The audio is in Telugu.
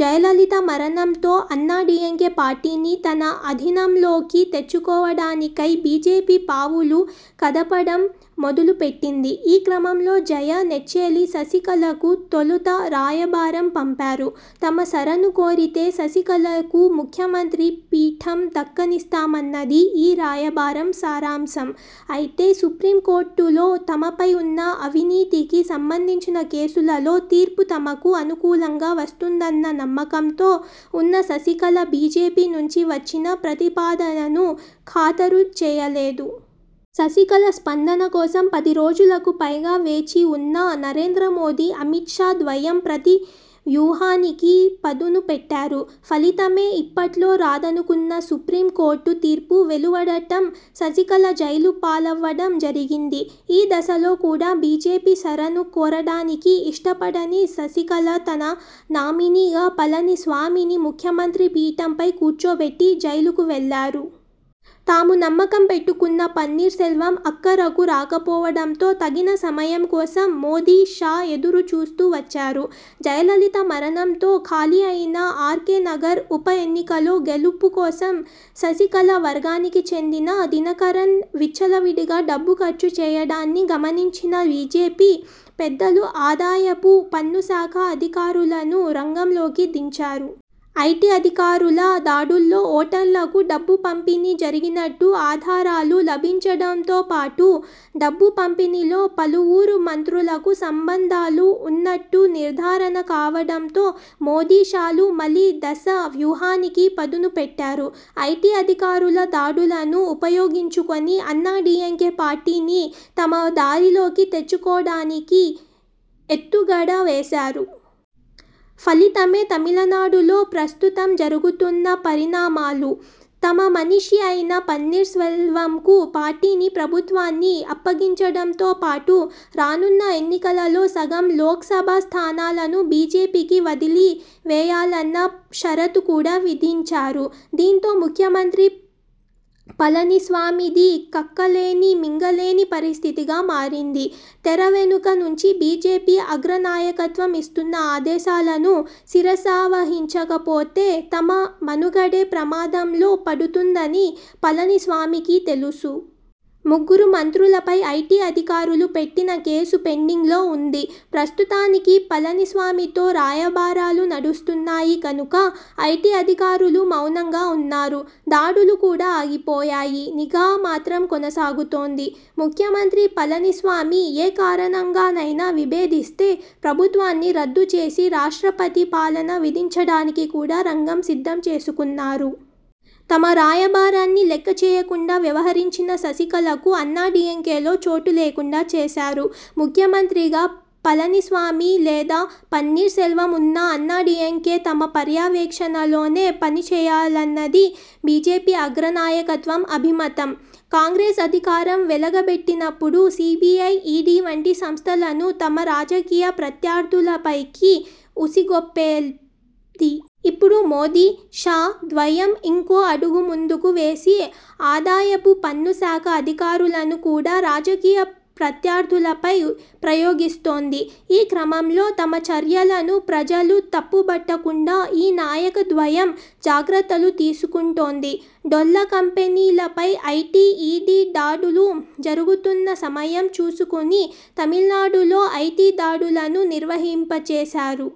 జయలలిత మరణంతో అన్నాడీఎంకే పార్టీని తన అధీనంలోకి తెచ్చుకోవడానికై బీజేపీ పావులు కదపడం మొదలుపెట్టింది. ఈ క్రమంలో జయ నెచ్చెలి శశికళకు తొలుత రాయబారం పంపారు. తమ శరణు కోరితే శశికళకు ముఖ్యమంత్రి పీఠం దక్కనిస్తామన్నది ఈ రాయబారం సారాంశం. అయితే, సుప్రీం కోర్టులో తమపై ఉన్న అవినీతికి సంబంధించిన కేసులలో తీర్పు తమకు అనుకూలంగా వస్తుందన్న నమ్మకంతో ఉన్న శశికళ బీజేపీ నుంచి వచ్చిన ప్రతిపాదనను ఖాతరు చేయలేదు. శశికళ స్పందన కోసం పది రోజులకు పైగా వేచి ఉన్న నరేంద్ర మోదీ, అమిత్ షా ద్వయం ప్రతి వ్యూహానికి పదును పెట్టారు. ఫలితమే, ఇప్పట్లో రాదనుకున్న సుప్రీం కోర్టు తీర్పు వెలువడటం, శశికళ జైలు పాలవ్వడం జరిగింది. ఈ దశలో కూడా బీజేపీ శరణు కోరడానికి ఇష్టపడని శశికళ తన నామినీగా పళని స్వామిని ముఖ్యమంత్రి పీఠంపై కూర్చోబెట్టి జైలుకు వెళ్లారు. తాము నమ్మకం పెట్టుకున్న పన్నీర్ సెల్వం అక్కరకు రాకపోవడంతో తగిన సమయం కోసం మోదీ, షా ఎదురు చూస్తూ వచ్చారు. జయలలిత మరణంతో ఖాళీ అయిన ఆర్కే నగర్ ఉప ఎన్నికలో గెలుపు కోసం శశికళ వర్గానికి చెందిన దినకరన్ విచ్చలవిడిగా డబ్బు ఖర్చు చేయడాన్ని గమనించిన బీజేపీ పెద్దలు ఆదాయపు పన్ను శాఖ అధికారులను రంగంలోకి దించారు. ఐటీ అధికారుల దాడుల్లో ఓటర్లకు డబ్బు పంపిణీ జరిగినట్టు ఆధారాలు లభించడంతోపాటు డబ్బు పంపిణీలో పలువురు మంత్రులకు సంబంధాలు ఉన్నట్టు నిర్ధారణ కావడంతో మోదీ– షాలు మలి దశ వ్యూహానికి పదును పెట్టారు. ఐటీ అధికారుల దాడులను ఉపయోగించుకుని అన్నాడీఎంకే పార్టీని తమ దారిలోకి తెచ్చుకోవడానికి ఎత్తుగడ వేశారు. ఫలితమే, తమిళనాడులో ప్రస్తుతం జరుగుతున్న పరిణామాలు. తమ మనిషి అయిన పన్నీర్ సెల్వంకు పార్టీని, ప్రభుత్వాన్ని అప్పగించడంతోపాటు రానున్న ఎన్నికలలో సగం లోక్సభ స్థానాలను బీజేపీకి వదిలి వేయాలన్న షరతు కూడా విధించారు. దీంతో, ముఖ్యమంత్రి పళనిస్వామిది కక్కలేని మింగలేని పరిస్థితిగా మారింది. తెర వెనుక నుంచి బీజేపీ అగ్ర నాయకత్వం ఇస్తున్న ఆదేశాలను శిరసావహించకపోతే తమ మనుగడే ప్రమాదంలో పడుతుందని పళని స్వామికి తెలుసు! ముగ్గురు మంత్రులపై ఐటీ అధికారులు పెట్టిన కేసు పెండింగ్లో ఉంది. ప్రస్తుతానికి పళనిస్వామితో రాయబారాలు నడుస్తున్నాయి కనుక, ఐటీ అధికారులు మౌనంగా ఉన్నారు. దాడులు కూడా ఆగిపోయాయి. నిఘా మాత్రం కొనసాగుతోంది. ముఖ్యమంత్రి పళని స్వామి ఏ కారణంగానైనా విభేదిస్తే, ప్రభుత్వాన్ని రద్దు చేసి రాష్ట్రపతి పాలన విధించడానికి కూడా రంగం సిద్ధం చేసుకున్నారు. తమ రాయబారాన్ని లెక్క చేయకుండా వ్యవహరించిన శశికళకు అన్నాడీఎంకేలో చోటు లేకుండా చేశారు. ముఖ్యమంత్రిగా పళనిస్వామి లేదా పన్నీర్ సెల్వం ఉన్నా అన్నాడీఎంకే తమ పర్యవేక్షణలోనే పని చేయాలన్నది బీజేపీ అగ్ర నాయకత్వం అభిమతం. కాంగ్రెస్ అధికారం వెలగబెట్టినప్పుడు సీబీఐ, ఈడీ వంటి సంస్థలను తమ రాజకీయ ప్రత్యర్థులపైకి ఉసిగొల్పేది. ఇప్పుడు మోదీ– షా ద్వయం ఇంకో అడుగు ముందుకు వేసి ఆదాయపు పన్ను శాఖ అధికారులను కూడా రాజకీయ ప్రత్యర్థులపై ప్రయోగిస్తోంది. ఈ క్రమంలో తమ చర్యలను ప్రజలు తప్పుబట్టకుండా ఈ నాయక ద్వయం జాగ్రత్తలు తీసుకుంటోంది. డొల్ల కంపెనీలపై ఐటీ, ఈడీ దాడులు జరుగుతున్న సమయం చూసుకుని తమిళనాడులో ఐటీ దాడులను నిర్వహింపచేశారు.